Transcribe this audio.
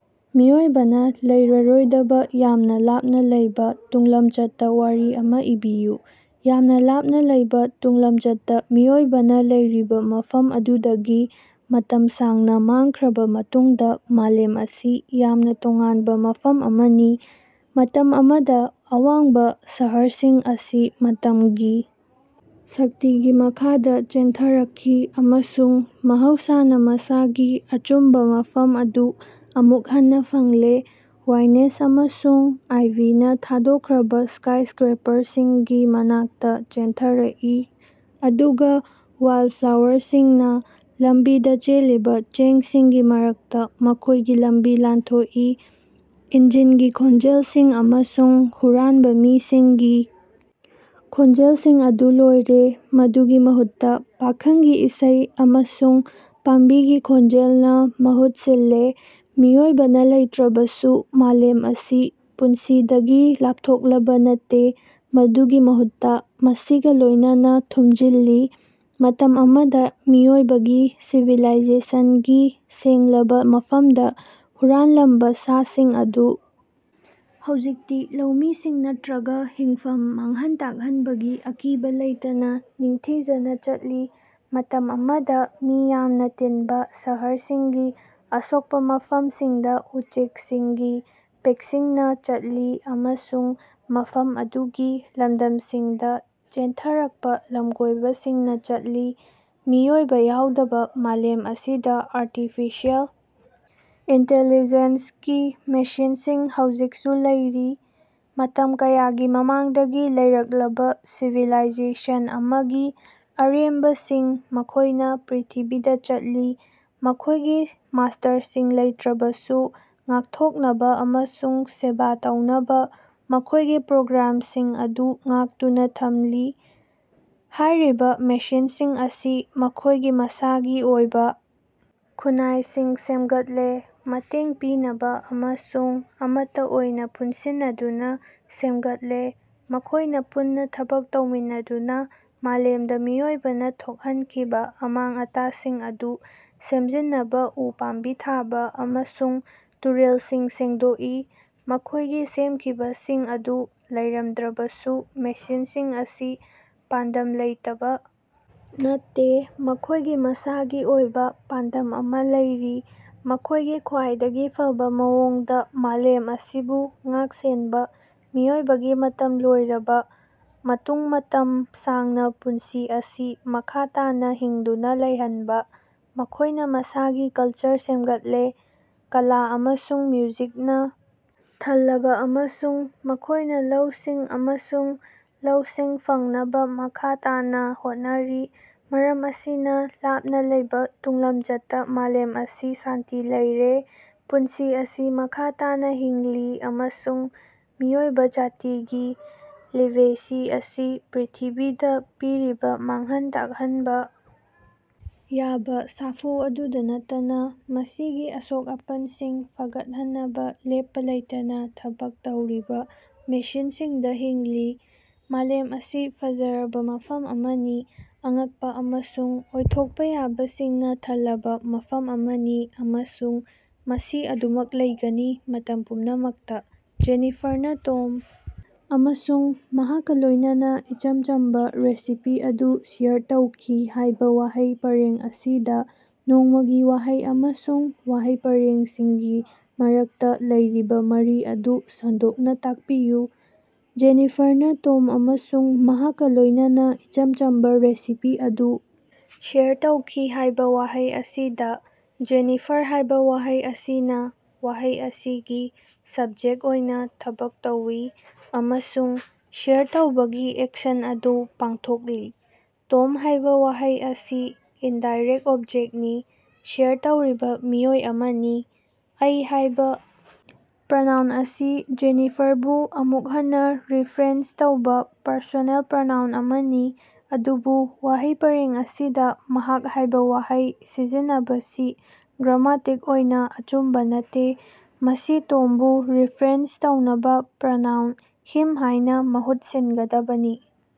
ꯃꯤꯑꯣꯏꯕꯅ ꯂꯩꯔꯔꯣꯏꯗꯕ ꯌꯥꯝꯅ ꯂꯥꯞꯅ ꯂꯩꯕ ꯇꯨꯡꯂꯝꯆꯠꯇ ꯋꯥꯔꯤ ꯑꯃ ꯏꯕꯤꯌꯨ꯫ ꯌꯥꯝꯅ ꯂꯥꯞꯅ ꯂꯩꯕ ꯇꯨꯡꯂꯝꯆꯠꯇ ꯃꯤꯑꯣꯏꯕꯅ ꯂꯩꯔꯤꯕ ꯃꯐꯝ ꯑꯗꯨꯗꯒꯤ ꯃꯇꯝ ꯁꯥꯡꯅ ꯃꯥꯡꯈ꯭ꯔꯕ ꯃꯇꯨꯡꯗ ꯃꯥꯂꯦꯝ ꯑꯁꯤ ꯌꯥꯝꯅ ꯇꯣꯉꯥꯟꯕ ꯃꯐꯝ ꯑꯃꯅꯤ꯫ ꯃꯇꯝ ꯑꯃꯗ ꯑꯋꯥꯡꯕ ꯁꯍꯔꯁꯤꯡ ꯑꯁꯤ ꯃꯇꯝꯒꯤ ꯁꯛꯇꯤꯒꯤ ꯃꯈꯥꯗ ꯆꯦꯟꯊꯔꯛꯈꯤ ꯑꯃꯁꯨꯡ ꯃꯍꯧꯁꯥꯅ ꯃꯁꯥꯒꯤ ꯑꯆꯨꯝꯕ ꯃꯐꯝ ꯑꯗꯨ ꯑꯃꯨꯛ ꯍꯟꯅ ꯐꯪꯂꯦ꯫ ꯋꯥꯏꯅꯦꯁ ꯑꯃꯁꯨꯡ ꯑꯥꯏꯚꯤꯅꯥ ꯊꯥꯗꯣꯛꯈ꯭ꯔꯕ ꯁ꯭ꯀꯥꯏꯁꯀ꯭ꯔꯦꯄꯔꯁꯤꯡꯒꯤ ꯃꯅꯥꯛꯇ ꯆꯦꯟꯊꯔꯛꯏ ꯑꯗꯨꯒ ꯋꯥꯏꯜꯗꯐ꯭ꯂꯥꯋꯔꯁꯤꯡꯅ ꯂꯝꯕꯤꯗ ꯆꯦꯜꯂꯤꯕ ꯆꯦꯡꯁꯤꯡꯒꯤ ꯃꯔꯛꯇ ꯃꯈꯣꯏꯒꯤ ꯂꯝꯕꯤ ꯂꯥꯟꯊꯣꯛꯏ꯫ ꯏꯟꯖꯤꯟꯒꯤ ꯈꯣꯟꯖꯦꯜꯁꯤꯡ ꯑꯃꯁꯨꯡ ꯍꯨꯔꯥꯟꯕ ꯃꯤꯁꯤꯡꯒꯤ ꯈꯣꯟꯖꯦꯜꯁꯤꯡ ꯑꯗꯨ ꯂꯣꯏꯔꯦ꯫ ꯃꯗꯨꯒꯤ ꯃꯍꯨꯠꯇ ꯄꯥꯈꯪꯒꯤ ꯏꯁꯩ ꯑꯃꯁꯨꯡ ꯄꯥꯝꯕꯤꯒꯤ ꯈꯣꯟꯖꯦꯜꯅ ꯃꯍꯨꯠ ꯁꯤꯜꯂꯦ꯫ ꯃꯤꯑꯣꯏꯕꯅ ꯂꯩꯇ꯭ꯔꯕꯁꯨ ꯃꯥꯂꯦꯝ ꯑꯁꯤ ꯄꯨꯟꯁꯤꯗꯒꯤ ꯂꯥꯞꯊꯣꯛꯂꯕ ꯅꯠꯇꯦ꯫ ꯃꯗꯨꯒꯤ ꯃꯍꯨꯠꯇ ꯃꯁꯤꯒ ꯂꯣꯏꯅꯅ ꯊꯨꯝꯖꯤꯜꯂꯤ꯫ ꯃꯇꯝ ꯑꯃꯗ ꯃꯤꯑꯣꯏꯕꯒꯤ ꯁꯤꯚꯤꯂꯥꯏꯖꯦꯁꯟꯒꯤ ꯁꯦꯡꯂꯕ ꯃꯐꯝꯗ ꯍꯨꯔꯥꯟꯂꯝꯕ ꯁꯥꯁꯤꯡ ꯑꯗꯨ ꯍꯧꯖꯤꯛꯇꯤ ꯂꯧꯃꯤꯁꯤꯡ ꯅꯠꯇ꯭ꯔꯒ ꯍꯤꯡꯐꯝ ꯃꯥꯡꯍꯟ ꯇꯥꯛꯍꯟꯕꯒꯤ ꯑꯀꯤꯕ ꯂꯩꯇꯅ ꯅꯤꯡꯊꯤꯖꯅ ꯆꯠꯂꯤ꯫ ꯃꯇꯝ ꯑꯃꯗ ꯃꯤ ꯌꯥꯝꯅ ꯇꯤꯟꯕ ꯁꯍꯔꯁꯤꯡꯒꯤ ꯑꯁꯣꯛꯄ ꯃꯐꯝꯁꯤꯡꯗ ꯎꯆꯦꯛꯁꯤꯡꯒꯤ ꯄꯦꯛꯁꯤꯡꯅ ꯆꯠꯂꯤ ꯑꯃꯁꯨꯡ ꯃꯐꯝ ꯑꯗꯨꯒꯤ ꯂꯝꯗꯝꯁꯤꯡꯗ ꯆꯦꯟꯊꯔꯛꯄ ꯂꯝꯀꯣꯏꯕꯁꯤꯡꯅ ꯆꯠꯂꯤ꯫ ꯃꯤꯑꯣꯏꯕ ꯌꯥꯎꯗꯕ ꯃꯥꯂꯦꯝ ꯑꯁꯤꯗ ꯑꯥꯔꯇꯤꯐꯤꯁꯤꯌꯦꯜ ꯏꯟꯇꯦꯂꯤꯖꯦꯟꯁ ꯀꯤ ꯃꯦꯁꯤꯟꯁꯤꯡ ꯍꯧꯖꯤꯛꯁꯨ ꯂꯩꯔꯤ꯫ ꯃꯇꯝ ꯀꯌꯥꯒꯤ ꯃꯃꯥꯡꯗꯒꯤ ꯂꯩꯔꯛꯂꯕ ꯁꯤꯚꯤꯂꯥꯏꯖꯦꯁꯟ ꯑꯃꯒꯤ ꯑꯔꯦꯝꯕꯁꯤꯡ, ꯃꯈꯣꯌꯅ ꯄ꯭ꯔꯤꯊꯤꯕꯤꯗ ꯆꯠꯂꯤ, ꯃꯈꯣꯏꯒꯤ ꯃꯥꯁ꯭ꯇꯔꯁꯤꯡ ꯂꯩꯇ꯭ꯔꯕꯁꯨ ꯉꯥꯛꯊꯣꯛꯅꯕ ꯑꯃꯁꯨꯡ ꯁꯦꯕꯥ ꯇꯧꯅꯕ ꯃꯈꯣꯏꯒꯤ ꯄ꯭ꯔꯣꯒ꯭ꯔꯥꯝꯁꯤꯡ ꯑꯗꯨ ꯉꯥꯛꯇꯨꯅ ꯊꯝꯂꯤ꯫ ꯍꯥꯏꯔꯤꯕ ꯃꯦꯁꯤꯟꯁꯤꯡ ꯑꯁꯤꯅ ꯃꯈꯣꯏꯒꯤ ꯃꯁꯥꯒꯤ ꯑꯣꯏꯕ ꯈꯨꯟꯅꯥꯏꯁꯤꯡ ꯁꯦꯝꯒꯠꯂꯦ꯫ ꯃꯇꯦꯡ ꯄꯤꯅꯕ ꯑꯃꯁꯨꯡ ꯑꯃꯠꯇ ꯑꯣꯏꯅ ꯄꯨꯟꯁꯤꯟꯅꯗꯨꯅ ꯁꯦꯝꯒꯠꯂꯦ꯫ ꯃꯈꯣꯏꯅ ꯄꯨꯟꯅ ꯊꯕꯛ ꯇꯧꯃꯤꯟꯅꯗꯨꯅ ꯃꯥꯂꯦꯝꯗ ꯃꯤꯑꯣꯏꯕꯅ ꯊꯣꯛꯍꯟꯈꯤꯕ ꯑꯃꯥꯡ-ꯑꯇꯥꯁꯤꯡ ꯑꯗꯨ ꯁꯦꯝꯖꯤꯟꯅꯕ, ꯎ ꯄꯥꯝꯕꯤ ꯊꯥꯕ ꯑꯃꯁꯨꯡ ꯇꯨꯔꯦꯜꯁꯤꯡ ꯁꯦꯡꯗꯣꯛꯏ꯫ ꯃꯈꯣꯏꯒꯤ ꯁꯦꯝꯈꯤꯕꯁꯤꯡ ꯑꯗꯨ ꯂꯩꯔꯝꯗ꯭ꯔꯕꯁꯨ ꯃꯦꯁꯤꯟꯁꯤꯡ ꯑꯁꯤ ꯄꯥꯟꯗꯝ ꯂꯩꯇꯕ ꯅꯠꯇꯦ꯫ ꯃꯈꯣꯏꯒꯤ ꯃꯁꯥꯒꯤ ꯑꯣꯏꯕ ꯄꯥꯟꯗꯝ ꯑꯃ ꯂꯩꯔꯤ: ꯃꯈꯣꯏꯒꯤ ꯈ꯭ꯋꯥꯏꯗꯒꯤ ꯐꯕ ꯃꯑꯣꯡꯗ ꯃꯥꯂꯦꯝ ꯑꯁꯤꯕꯨ ꯉꯥꯛ-ꯁꯦꯟꯕ, ꯃꯤꯑꯣꯏꯕꯒꯤ ꯃꯇꯝ ꯂꯣꯏꯔꯕ ꯃꯇꯨꯡ ꯃꯇꯝ ꯁꯥꯡꯅ ꯄꯨꯟꯁꯤ ꯑꯁꯤ ꯃꯈꯥ ꯇꯥꯅ ꯍꯤꯡꯗꯨꯅ ꯂꯩꯍꯟꯕ, ꯃꯈꯣꯏꯅ ꯃꯁꯥꯒꯤ ꯀꯜꯆꯔ ꯁꯦꯝꯒꯠꯂꯦ, ꯀꯂꯥ ꯑꯃꯁꯨꯡ ꯃ꯭ꯌꯨꯖꯤꯛꯅ ꯊꯜꯂꯕ ꯑꯃꯁꯨꯡ ꯃꯈꯣꯏꯅ ꯂꯧꯁꯤꯡ ꯑꯃꯁꯨꯡ ꯂꯧꯁꯤꯡ ꯐꯪꯅꯕ ꯃꯈꯥ ꯇꯥꯅ ꯍꯣꯠꯅꯔꯤ꯫ ꯃꯔꯝ ꯑꯁꯤꯅ ꯂꯥꯞꯅ ꯂꯩꯕ ꯇꯨꯡꯂꯝꯆꯠꯇ ꯃꯥꯂꯦꯝ ꯑꯁꯤ ꯁꯥꯟꯇꯤ ꯂꯩꯔꯦ꯫ ꯄꯨꯟꯁꯤ ꯑꯁꯤ ꯃꯈꯥ ꯇꯥꯅ ꯍꯤꯡꯂꯤ ꯑꯃꯁꯨꯡ ꯃꯤꯑꯣꯏꯕ ꯖꯥꯇꯤꯒꯤ ꯂꯤꯒꯦꯁꯤ ꯑꯁꯤ ꯄ꯭ꯔꯤꯊꯤꯕꯤꯗ ꯄꯤꯔꯤꯕ ꯃꯥꯡꯍꯟ ꯇꯥꯛꯍꯟꯕ ꯌꯥꯕ ꯁꯥꯐꯨ ꯑꯗꯨꯗ ꯅꯠꯇꯅ ꯃꯁꯤꯒꯤ ꯑꯁꯣꯛ-ꯑꯄꯟꯁꯤꯡ ꯐꯒꯠꯍꯟꯅꯕ ꯂꯦꯞꯄ ꯂꯩꯇꯅ ꯊꯕꯛ ꯇꯧꯔꯤꯕ ꯃꯦꯁꯤꯟꯁꯤꯡꯗ ꯍꯤꯡꯂꯤ꯫ ꯃꯥꯂꯦꯝ ꯑꯁꯤ ꯐꯖꯔꯕ ꯃꯐꯝ ꯑꯃꯅꯤ꯫ ꯑꯉꯛꯄ ꯑꯃꯁꯨꯡ ꯑꯣꯏꯊꯣꯛꯄ ꯌꯥꯕꯁꯤꯡꯅ ꯊꯜꯂꯕ ꯃꯐꯝ ꯑꯃꯅꯤ ꯑꯃꯁꯨꯡ ꯃꯁꯤ ꯑꯗꯨꯃꯛ ꯂꯩꯒꯅꯤ ꯃꯇꯝ ꯄꯨꯝꯅꯃꯛꯇ꯫ "ꯖꯦꯅꯤꯐꯥꯔꯅ ꯇꯣꯝ ꯑꯃꯁꯨꯡ ꯃꯍꯥꯛꯀ ꯂꯣꯏꯅꯅ ꯏꯆꯝ ꯆꯝꯕ ꯔꯦꯁꯤꯄꯤ ꯑꯗꯨ ꯁꯦꯌꯔ ꯇꯧꯈꯤ" ꯍꯥꯏꯕ ꯋꯥꯍꯩ ꯄꯔꯦꯡ ꯑꯁꯤꯗ ꯅꯣꯡꯃꯒꯤ ꯋꯥꯍꯩ ꯑꯃꯁꯨꯡ ꯋꯥꯍꯩ ꯄꯔꯦꯡꯁꯤꯡꯒꯤ ꯃꯔꯛꯇ ꯂꯩꯔꯤꯕ ꯃꯔꯤ ꯑꯗꯨ ꯁꯟꯗꯣꯛꯅ ꯇꯥꯛꯄꯤꯌꯨ꯫ "ꯖꯦꯅꯤꯐꯥꯔꯅ ꯇꯣꯝ ꯑꯃꯁꯨꯡ ꯃꯍꯥꯛꯀ ꯂꯣꯏꯅꯅ ꯏꯆꯝ ꯆꯝꯕ ꯔꯦꯁꯤꯄꯤ ꯑꯗꯨ ꯁꯦꯌꯔ ꯇꯧꯈꯤ" ꯍꯥꯏꯕ ꯋꯥꯍꯩ ꯑꯁꯤꯗ 'ꯖꯦꯅꯤꯐꯥꯔ' ꯍꯥꯏꯕ ꯋꯥꯍꯩ ꯑꯁꯤꯅ ꯋꯥꯍꯩ ꯑꯁꯤꯒꯤ ꯁꯕꯖꯦꯛꯇ ꯑꯣꯏꯅ ꯊꯕꯛ ꯇꯧꯏ ꯑꯃꯁꯨꯡ ꯁꯦꯌꯔ ꯇꯧꯕꯒꯤ ꯑꯦꯛꯁꯟ ꯑꯗꯨ ꯄꯥꯡꯊꯣꯛꯂꯤ꯫ 'ꯇꯣꯝ' ꯍꯥꯏꯕ ꯋꯥꯍꯩ ꯑꯁꯤ ꯏꯟꯗꯥꯏꯔꯦꯛꯇ ꯑꯣꯕꯖꯦꯛꯇꯅꯤ, ꯁꯦꯌꯔ ꯇꯧꯔꯤꯕ ꯃꯤꯑꯣꯏ ꯑꯃꯅꯤ꯫ 'ꯑꯩ' ꯍꯥꯏꯕ ꯄ꯭ꯔꯅꯥꯎꯟ ꯑꯁꯤ ꯖꯦꯅꯤꯐꯥꯔꯕꯨ ꯑꯃꯨꯛ ꯍꯟꯅ ꯔꯤꯐꯔꯦꯟꯁ ꯇꯧꯕ ꯄꯔꯁꯣꯅꯦꯜ ꯄ꯭ꯔꯅꯥꯎꯟ ꯑꯃꯅꯤ꯫ ꯑꯗꯨꯕꯨ ꯋꯥꯍꯩ ꯄꯔꯦꯡ ꯑꯁꯤꯗ 'ꯃꯍꯥꯛ' ꯍꯥꯏꯕ ꯋꯥꯍꯩ ꯁꯤꯖꯤꯟꯅꯕꯁꯤ ꯒ꯭ꯔꯥꯃꯇꯤꯛ ꯑꯣꯏꯅ ꯑꯆꯨꯝꯕ ꯅꯠꯇꯦ꯫ ꯃꯁꯤ ꯇꯣꯝꯕꯨ ꯔꯤꯐꯔꯦꯟꯁ ꯇꯧꯅꯕ ꯄ꯭ꯔꯅꯥꯎꯟ 'ꯍꯤꯝ' ꯍꯥꯏꯅ ꯃꯍꯨꯠ ꯁꯤꯟꯒꯗꯕꯅꯤ꯫